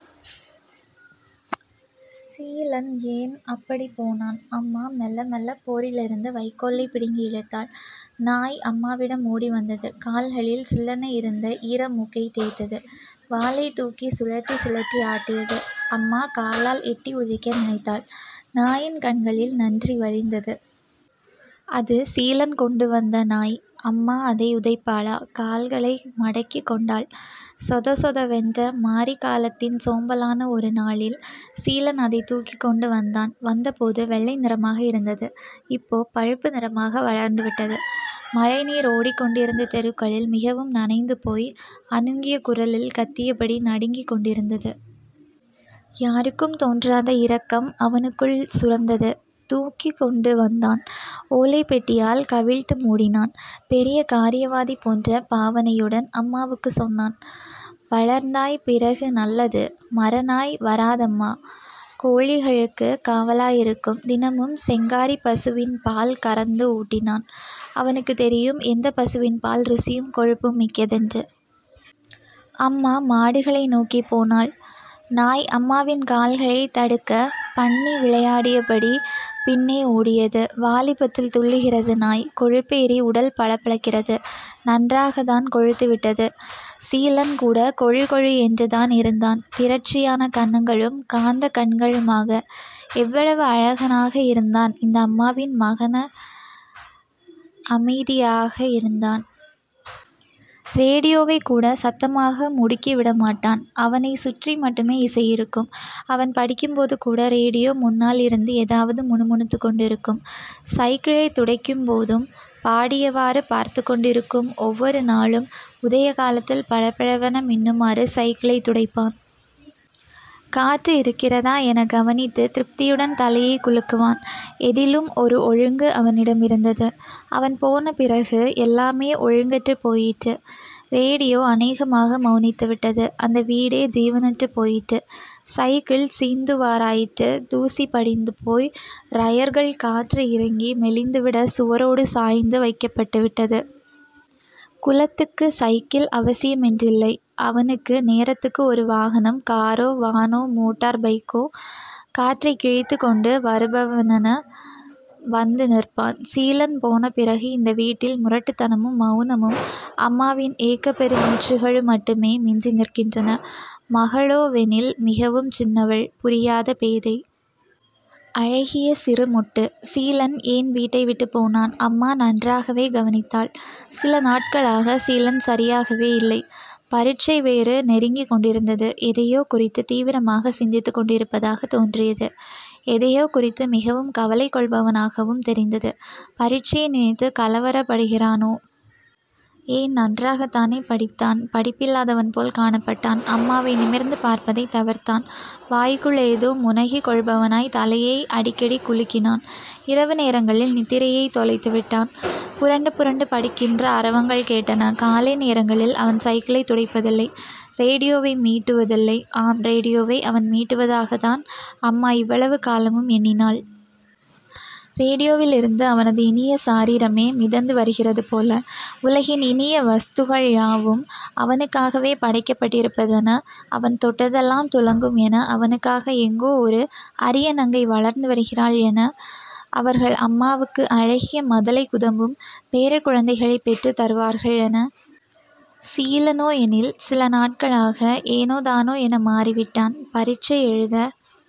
சீலன் ஏன் அப்படிப் போனான். அம்மா மெல்ல மெல்ல போரிலிருந்து வைக்கோலைப் பிடிங்கி இழுத்தாள். நாய் அம்மாவிடம் ஓடி வந்தது. கால்களில் சில்லென இருந்த ஈரமூக்கைத் தேய்த்தது. வாலைத்தூக்கி சுழற்றிச் சுழற்றி ஆட்டியது. அம்மா காலால் எட்டி உதைக்க நினைத்தாள். நாயின் கண்களில் நன்றி வழிந்தது. அது சீலன் கொண்டு வந்த நாய். அம்மா அதை உதைப்பாளா? கால்களை மடக்கிக் கொண்டாள். சொதசொத வென்ற மாரிகாலத்தின் சோம்பலான ஒரு நாளில் சீலன் அதைத் தூக்கிக்கொண்டு வந்தான். வந்தபோது வெள்ளைநிறமாக இருந்தது. இப்போ பழுப்பு நிறமாக வளர்ந்துவிட்டது. மழைநீர் ஓடிக்கொண்டிருந்த தெருக்களில் மிகவும் நனைந்துபோய் அனுங்கிய குரலில் கத்தியபடி நடுங்கிக் கொண்டிருந்தது. யாருக்கும் தோன்றாத இரக்கம் அவனுக்குள் சுரந்தது. தூக்கிக்கொண்டு வந்தான். ஓலைப் பெட்டியால் கவிழ்த்து மூடினான். பெரிய காரியவாதி போன்ற பாவனையுடன் அம்மாவுக்குச் சொன்னான். வளர்ந்தாப் பிறகு நல்லது... மரநாய் வராதம்மா.... கோழிகளுக்குக் காவலாயிருக்கும். தினமும் செங்காரிப் பசுவில் பால் கறந்து ஊட்டினான். அவனுக்குத் தெரியும் எந்தப் பசுவின் பால் ருசியும், கொழுப்பும் மிக்கதென்று. அம்மா மாடுகளை நோக்கிப் போனாள். நாய் அம்மாவின் கால்களைத் தடுக்கப் பண்ணி விளையாடியபடி பின்னே ஓடியது. வாலிபத்தில் துள்ளுகிறது நாய். கொழுப்பேறி உடல் பளபளக்கிறது. நன்றாகத் தான் கொழுத்துவிட்டது. சீலன் கூட கொழுகொழு என்றுதான் இருந்தான். திரட்சியான கன்னங்களும், காந்தக் கண்களுமாக... எவ்வளவு அழகனாக இருந்தான் இந்த அம்மாவின் மகன அமைதியாக இருந்தான். ரேடியோவைக் கூட சத்தமாக முடுக்கி விட மாட்டான். அவனைச் சுற்றி மட்டுமே இசை இருக்கும். அவன் படிக்கும்போது கூட ரேடியோ முன்னாலிருந்து எதாவது முணுமுணுத்துக் கொண்டிருக்கும். சைக்கிளைத் துடைக்கும் போதும் பாடியவாறு பார்த்துக் கொண்டிருக்கும் ஒவ்வொரு நாளும் உதயகாலத்தில் பளபள வென மின்னுமாறு சைக்கிளைத் துடைப்பான். காற்று இருக்கிறதா எனக் கவனித்து திருப்தியுடன் தலையைக் குலுக்குவான். எதிலும் ஒரு ஒழுங்கு அவனிடம் இருந்தது. அவன் போன பிறகு எல்லாமே ஒழுங்கற்றுப் போயிற்று. ரேடியோ அநேகமாக மெளனித்து விட்டது. அந்த வீடே ஜீவனற்றுப் போயிற்று. சைக்கிள் சீந்துவாராயிற்று தூசி படிந்துபோய் ரயர்கள் காற்று இறங்கி மெலிந்துவிட சுவரோடு சாய்ந்து வைக்கப்பட்டு விட்டது. குலத்துக்கு சைக்கிள் அவசியமென்றில்லை. அவனுக்கு நேரத்துக்கு ஒரு வாகனம் காரோ வானோ மோட்டார் பைக்கோ.... காற்றைக் கிழித்துக்கொண்டு வருபவனென வந்து நிற்பான். சீலன் போன பிறகு இந்த வீட்டில் முரட்டுத்தனமும் மெளனமும் அம்மாவின் ஏக்கப்பெரு மூச்சுகளும் மட்டுமே மிஞ்சிநிற்கின்றன. மகளோவெனில் மிகவும் சின்னவள். புரியாத பேதை. அழகிய சிறு மொட்டு. சீலன் ஏன் வீட்டை விட்டுப் போனான்? அம்மா நன்றாகவே கவனித்தாள். சில நாட்களாக சீலன் சரியாகவே இல்லை. பரிட்சை வேறு நெருங்கிக் கொண்டிருந்தது. எதையோ குறித்து தீவிரமாகச் சிந்தித்துக் கொண்டிருப்பதாகத் தோன்றியது; எதையோ குறித்து மிகவும் கவலை கொள்பவனாகவும் தெரிந்தது. பரிட்சையை நினைத்துக் கலவரப் படுகிறானே? ஏன் நன்றாகத்தானே படித்தான் பிடிப்பில்லாதவன் போலக் காணப்பட்டான். அம்மாவை நிமிர்ந்து பார்ப்பதைத் தவிர்த்தான். வாய்க்குள் ஏதோ முனகிக்கொள்பவனாய் தலையை அடிக்கடிகுலுக்கினான். இரவுநேரங்களில் நித்திரையைத் தொலைத்து விட்டான். புரண்டு புரண்டு படுக்கின்ற அரவங்கள் கேட்டன. காலை நேரங்களில் அவன் சைக்கிளைத் துடைப்பதில்லை. ரேடியோவை மீட்டுவதில்லை. ஆம் ரேடியோவை அவன் மீட்டுவதாகத் தான் அம்மா இவ்வளவு காலமும் எண்ணினாள். ரேடியோவில் இருந்து அவனது இனிய சாரிரமே மிதந்து வருகிறது போல... உலகின் இனிய வஸ்துகள் யாவும் அவனுக்காகவே படைக்கப்பட்டிருப்பதென.... அவன் தொட்டதெல்லாம் துலங்கும் என.... அவனுக்காக எங்கோ ஒரு அரிய நங்கை வளர்ந்து வருகிறாள் என... அவர்கள் அம்மாவுக்கு அழகிய மதலை குதம்பும் பேரக் குழந்தைகளைப் பெற்றுத் தருவார்கள் என.... சீலனோ எனில் சில நாட்களாக ஏனோ தானோ என மாறிவிட்டான். பரிட்சை எழுதப்